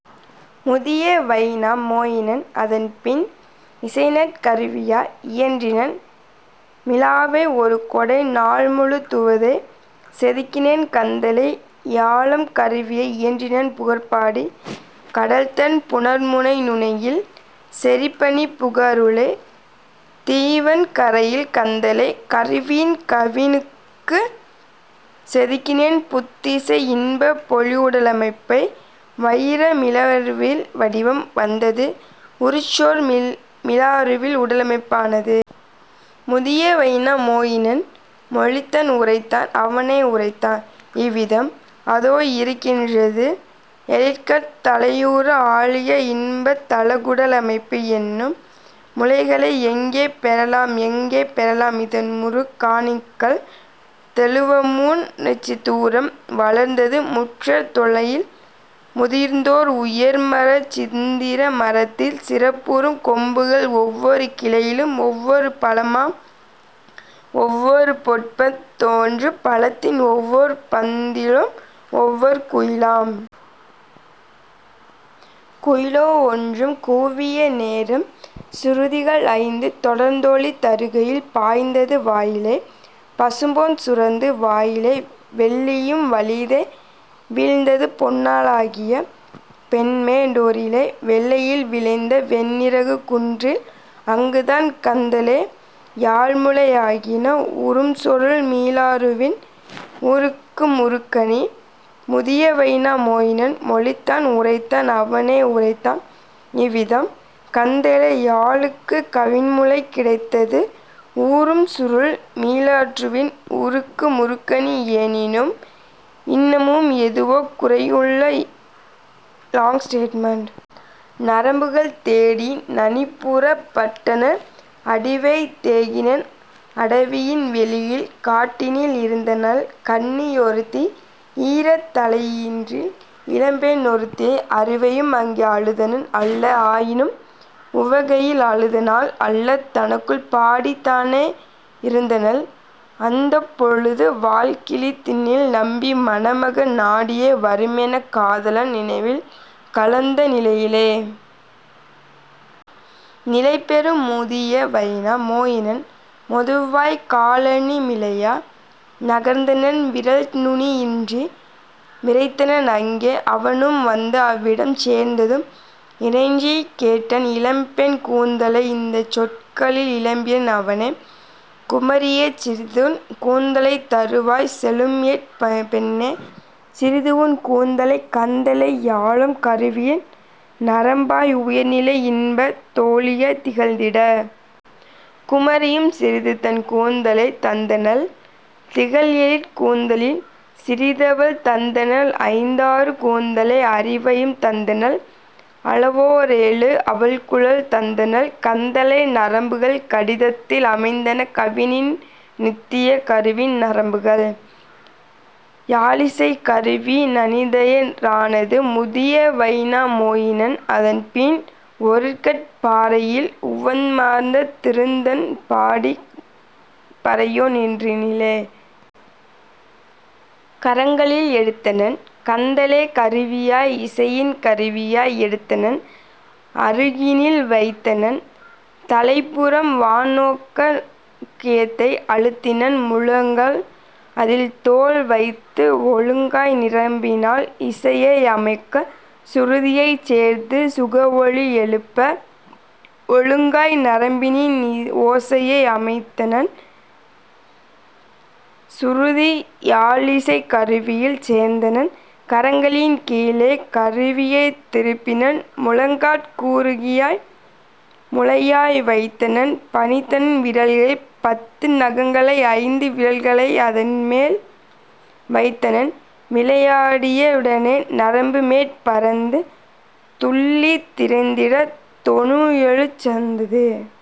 " முதிய Väinämöinen அதன்பின்। இசைநற் கருவியாய் இயற்றினன் மிலாறுவை; ஒருகோடை நாள்முழு துவந்தே செதுக்கினான் கந்தலே யாழாம் கருவியை இயற்றினான் புகார்படி கடலதன் புணர்முனை நுனியில் செறிபனிப் புகாருள தீவதன் கரையில் கந்தலே கருவியின் கவினுருச் செதுக்கினன் புத்திசை இன்பப் பொலிவுட லமைப்பை வைர மிலாறுவில் வடிவம் வந்தது உறுசுருள் மிலாறுவில் உடலமைப் பானது. முதிய வைனா மொயினன் மொழிந்தான் உரைத்தான் அவனே உரைத்தான் இவ்விதம்: "அதோஇருக் கிறது எழிற்கந் தலேயுரு அழியா இன்பத் தழகுட லமைப்பு எனினும் முளைகளை எங்கே பெறலாம் எங்கே பெறலாம் இதன்முறுக் காணிகள்? " தொழுவமுன் றிலில்சிந் தூரம் வளர்ந்தது முற்றத் தெல்லையில் முதிர்ந்ததோர் உயர்மரம் சிந்துர மரத்தில் சிறப்புறும் கொம்புகள் ஒவ்வொரு கிளையிலும் ஒவ்வொரு பழமாம் ஒவ்வொரு பொற்பந் தொவ்வொரு பழத்திலும் ஒவ்வோர் பந்திலும் ஒவ்வொரு குயிலாம். குயிலொவ் வொன்றும் கூவிய நேரம் சுருதிகள் ஐந்து தொடர்ந்தொலி தருகையில் பாய்ந்தது வாயிலே பசும்பொன் சுரந்து வாயிலே வெள்ளியும் வழிந்தே வீழ்ந்தது பொன்னா லாகிய பொன்மே டொன்றிலே வெள்ளியில் விளைந்த வெண்ணிறக் குன்றில் அங்குதான் கந்தலே யாழ்முளை ஆகின உறும்சுருள் மிலாறுவின் உருக்கு முறுக்கணி. முதிய வைனா மொயினன் மொழிந்தான் உரைத்தான் அவனே உரைத்தான் இவ்விதம்: "கந்தலே யாழ்க்குக் கவின்முளை கிடைத்தது உறும்சுருள் மிலாறுவின் உருக்கு முறுக்கணி எனினும் இன்னமும் எதுவோ குறையுள யாழ்க்குத் தேவை நல்நரம் பைந்து; எங்குநான் பெறுவேன் இந்த நரம்புகள் தொடர்ஒலி எழுப்பிச் சுருதிகள் சேர்த்திட? " நரம்புகள் தேடி நனிபுறப் பட்டனன் அடிவைத் தேகினன் அடவியின் வெளியில் காட்டினில் இருந்தனள் கன்னி யொருத்தி ஈரத் தரையினில் இளம்பெண் ணொருத்தி அரிவையும் அங்கே அழுதனள் அல்ல ஆயினும் உவகையில் ஆழ்ந்தனள் அல்ல தனக்குள் பாடித் தானே யிருந்தனள் அந்திப் பொழுதை அவள்கழித் திருந்தனள் நம்பி மணமகன் நாடியே வருமென காதலன் நினைவில் கலந்த நிலையிலே. நிலைபெறும் முதிய வைனா மொயினன் மெதுவாய்க் காலணி மிலையா நகர்ந்தனன் விரல்துணி யின்றி விரைந்தனன் அங்கே; அவனும் வந்து அவ்விடம் சேர்ந்ததும் இறைஞ்சிக் கேட்டனன் இளம்பெண் கூந்தலை இந்தச் சொற்களில் இயம்பினன் அவனே: "குமரியே, சிறிதுன் கூந்தலைத் தருவாய்! செழும்எழிற் பெண்ணே, சிறிதுஉன் கூந்தலை! கந்தலே யாழாம் கருவியின் நரம்பாய் உயர்நிலை இன்பத் தொலியாய்த் திகழ்ந்திட! " குமரியும் சிறிதுதன் கூந்தலைத் தந்தனள் திகழ்எழிற் கூந்தலில் சிறிதவள் தந்தனள் ஐந்தாறு கூந்தலை அரிவையும் தந்தனள் அளவோ ரேழு அவள்குழல் தந்தனள் கந்தலே நரம்புகள் கடிததில் அமைந்தன கவின்இன் நித்தியக் கருவியின் நரம்புகள். யாழிசைக் கருவி நனிதயா ரானது; முதிய வைனா மொயினன் அதன்பின் ஒருகற் பாறையில் உவந்தமர்ந் திருந்தனன் படிக்கட் டிருந்த பாறையொன் றினிலே. கரங்களில் எடுத்தனன் கந்தலேக் கருவியை இசைஇன் கருவியை எடுத்தனன் அருகினில் வைத்தனன் தலைப்புறம் வான்நோக் கியேயதை அழுத்தினன் முழங்கால் அதில்தோள் வைத்து ஒழுங்காய் நரம்பினில் ஓசையை அமைக்க சுருதியைச் சேர்த்து சுகஒலி எழுப்ப. ஒழுங்காய் நரம்பினின் ஓசையை அமைத்தனன் சுருதி யாழிசைக் கருவியில் சேர்த்தனன் கரங்களின் கீழே கருவியைத் திருப்பினன் முழங்காற் குறுக்காய் முழுயாழ் வைத்தனன் பணித்தனன் விரல்களின் பத்து நகங்களை ஐந்து விரல்களை அதன்மேல் வைத்தனன் விளையா டிடவே நரம்புமேற் பறந்து துள்ளித் திரிந்திடத் தொனியெழு தந்தியில்.